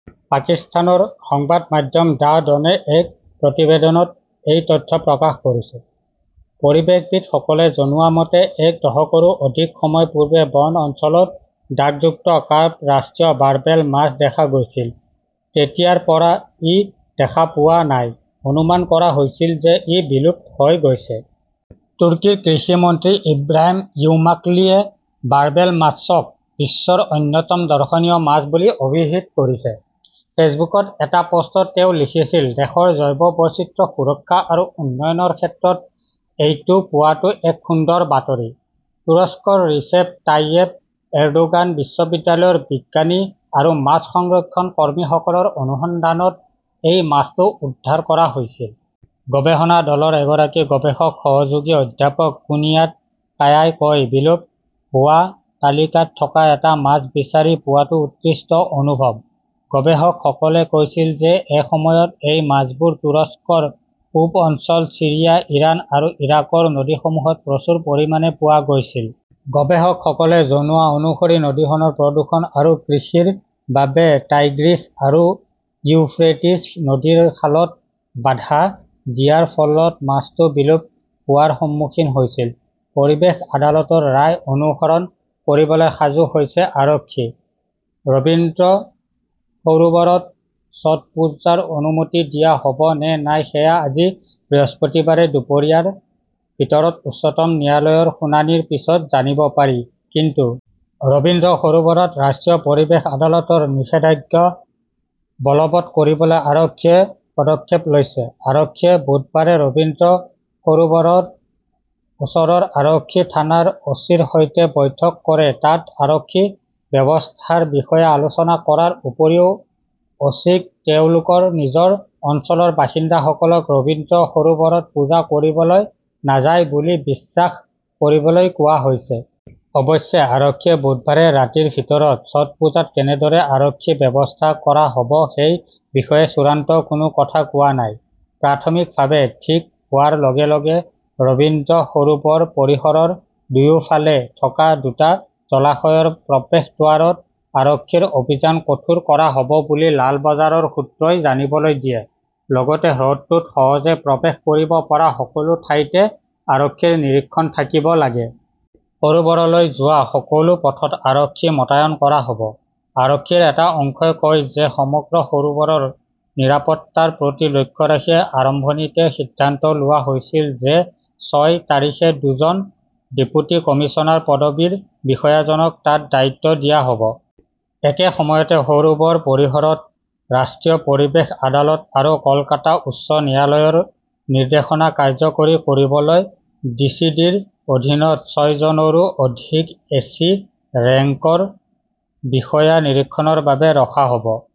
পাকিস্তানৰ সংবাদ মাধ্যম দ্য ডনে এক প্ৰতিবেদনত এই তথ্য প্ৰকাশ কৰিছে। পৰিৱেশবিদসকলে জনোৱা মতে, এক দশকৰো অধিক সময় পূৰ্বে বন অঞ্চলত দাগযুক্ত কাৰ্প ৰাষ্ট্ৰীয় বাৰ্বেল মাছ দেখা গৈছিল। তেতিয়াৰ পৰা ই দেখা পোৱা নাই, অনুমান কৰা হৈছিল যে ই বিলুপ্ত হৈ গৈছে। তুৰ্কীৰ কৃষি মন্ত্ৰী ইব্ৰাহিম ইউমাকলীয়ে বাৰ্বেল মাছক বিশ্বৰ অন্যতম দৰ্শনীয় মাছ বুলি অভিহিত কৰিছে। ফেচবুকত এটা পোষ্টত তেওঁ লিখিছিল দেশৰ জৈৱ বৈচিত্ৰ্য সুৰক্ষা আৰু উন্নয়নৰ ক্ষেত্ৰত এইটো পোৱাটো এক সুন্দৰ বাতৰি। তুৰস্কৰ ৰিচেপ তাইয়েপ এৰডোগান বিশ্ববিদ্যালয়ৰ বিজ্ঞানী আৰু মাছ সংৰক্ষণ কৰ্মীসকলৰ অনুসন্ধানত এই মাছটো উদ্ধাৰ কৰা হৈছিল। গৱেষণা দলৰ এগৰাকী গৱেষক সহযোগী অধ্যাপক কুনিয়াত কায়াই কয়, বিলুপ্ত হোৱা তালিকাত থকা এটা মাছ বিচাৰি পোৱাটো উৎকৃষ্ট অনুভৱ। গৱেষকসকলে কৈছিল যে এসময়ত এই মাছবোৰ তুৰস্কৰ পূব অঞ্চল ছিৰিয়া, ইৰাণ আৰু ইৰাকৰ নদীসমূহত প্ৰচুৰ পৰিমাণে পোৱা গৈছিল। গৱেষকসকলে জনোৱা অনুসৰি নদীখনৰ প্ৰদূষণ আৰু কৃষিৰ বাবে টাইগ্ৰিছ আৰু ইউফ্ৰেটিছ নদীৰ খালত বাধা দিয়াৰ ফলত মাছটো বিলুপ্ত হোৱাৰ সন্মুখীন হৈছিল। পৰিৱেশ আদালতৰ ৰায় অনুসৰণ কৰিবলৈ সাজু হৈছে আৰক্ষী ।ৰবীন্দ্ৰ সৰোবৰত ছটপুজাৰ অনুমতি দিয়া হ'ব নে নাই সেয়া আজি বৃহস্পতিবাৰে দুপৰীয়াৰ ভিতৰত উচ্চতম ন্যায়ালয়ৰ শুনানিৰ পিছত জানিব পাৰি ।কিন্তু ৰবীন্দ্ৰ সৰোবৰত ৰাষ্ট্ৰীয় পৰিৱেশ আদালতৰ নিষেধাজ্ঞা বলৱৎ কৰিবলৈ আৰক্ষীয়ে পদক্ষেপ লৈছে। আৰক্ষীয়ে বুধবাৰে ৰবীন্দ্ৰ সৰোবৰৰ ওচৰৰ আৰক্ষী থানাৰ অ চি ৰ সৈতে বৈঠক কৰে তাত আৰক্ষী ব্যৱস্থাৰ বিষয়ে আলোচনা কৰাৰ উপৰিও অ চি ক তেওঁলোকৰ নিজৰ অঞ্চলৰ বাসিন্দাসকলক ৰবীন্দ্ৰ সৰোবৰত পূজা কৰিবলৈ নাযায় বুলি বিশ্বাস কৰিবলৈ কোৱা হৈছে। অৱশ্যে আৰক্ষীয়ে বুধবাৰে ৰাতিৰ ভিতৰত ছটপুজাত কেনেদৰে আৰক্ষী ব্যৱস্থা কৰা হ'ব সেই বিষয়ে চূড়ান্ত কোনো কথা কোৱা নাই। প্ৰাথমিকভাৱে ঠিক হোৱাৰ লগে -লগে ৰবীন্দ্ৰ সৰোবৰ পৰিসৰৰ দুয়োফালে থকা দুটা জলাশয়ৰ প্ৰৱেশদ্বাৰত আৰক্ষীৰ অভিযান কঠোৰ কৰা হ'ব বুলি লালবাজাৰৰ সূত্ৰই জানিবলৈ দিয়ে, লগতে হ্ৰদটোত সহজে প্ৰৱেশ কৰিব পৰা সকলো ঠাইতে আৰক্ষীৰ নিৰীক্ষণ থাকিব লাগে। সৰোবৰলৈ যোৱা সকলো পথত আৰক্ষী মোতায়ন কৰা হ'ব। আৰক্ষীৰ এটা অংশই কয় যে সমগ্ৰ সৰোবৰৰ নিৰাপত্তাৰ প্ৰতি লক্ষ্য ৰাখি আৰম্ভণিতে সিদ্ধান্ত লোৱা হৈছিল যে ছয় তাৰিখে দুজন ডেপুটি কমিছনাৰ পদবীৰ বিষয়াজনক তাত দায়িত্ব দিয়া হ 'ব। একে সময়তে, সৰোবৰ পৰিসৰত ৰাষ্ট্ৰীয় পৰিৱেশ আদালত আৰু কলকাতা উচ্চ ন্যায়ালয়ৰ নিৰ্দেশনা কাৰ্যকৰী কৰিবলৈ ডিচিডিৰ অধীনত ছয়জনৰো অধিক এচি ৰেংকৰ বিষয়া নিৰীক্ষণৰ বাবে ৰখা হ 'ব।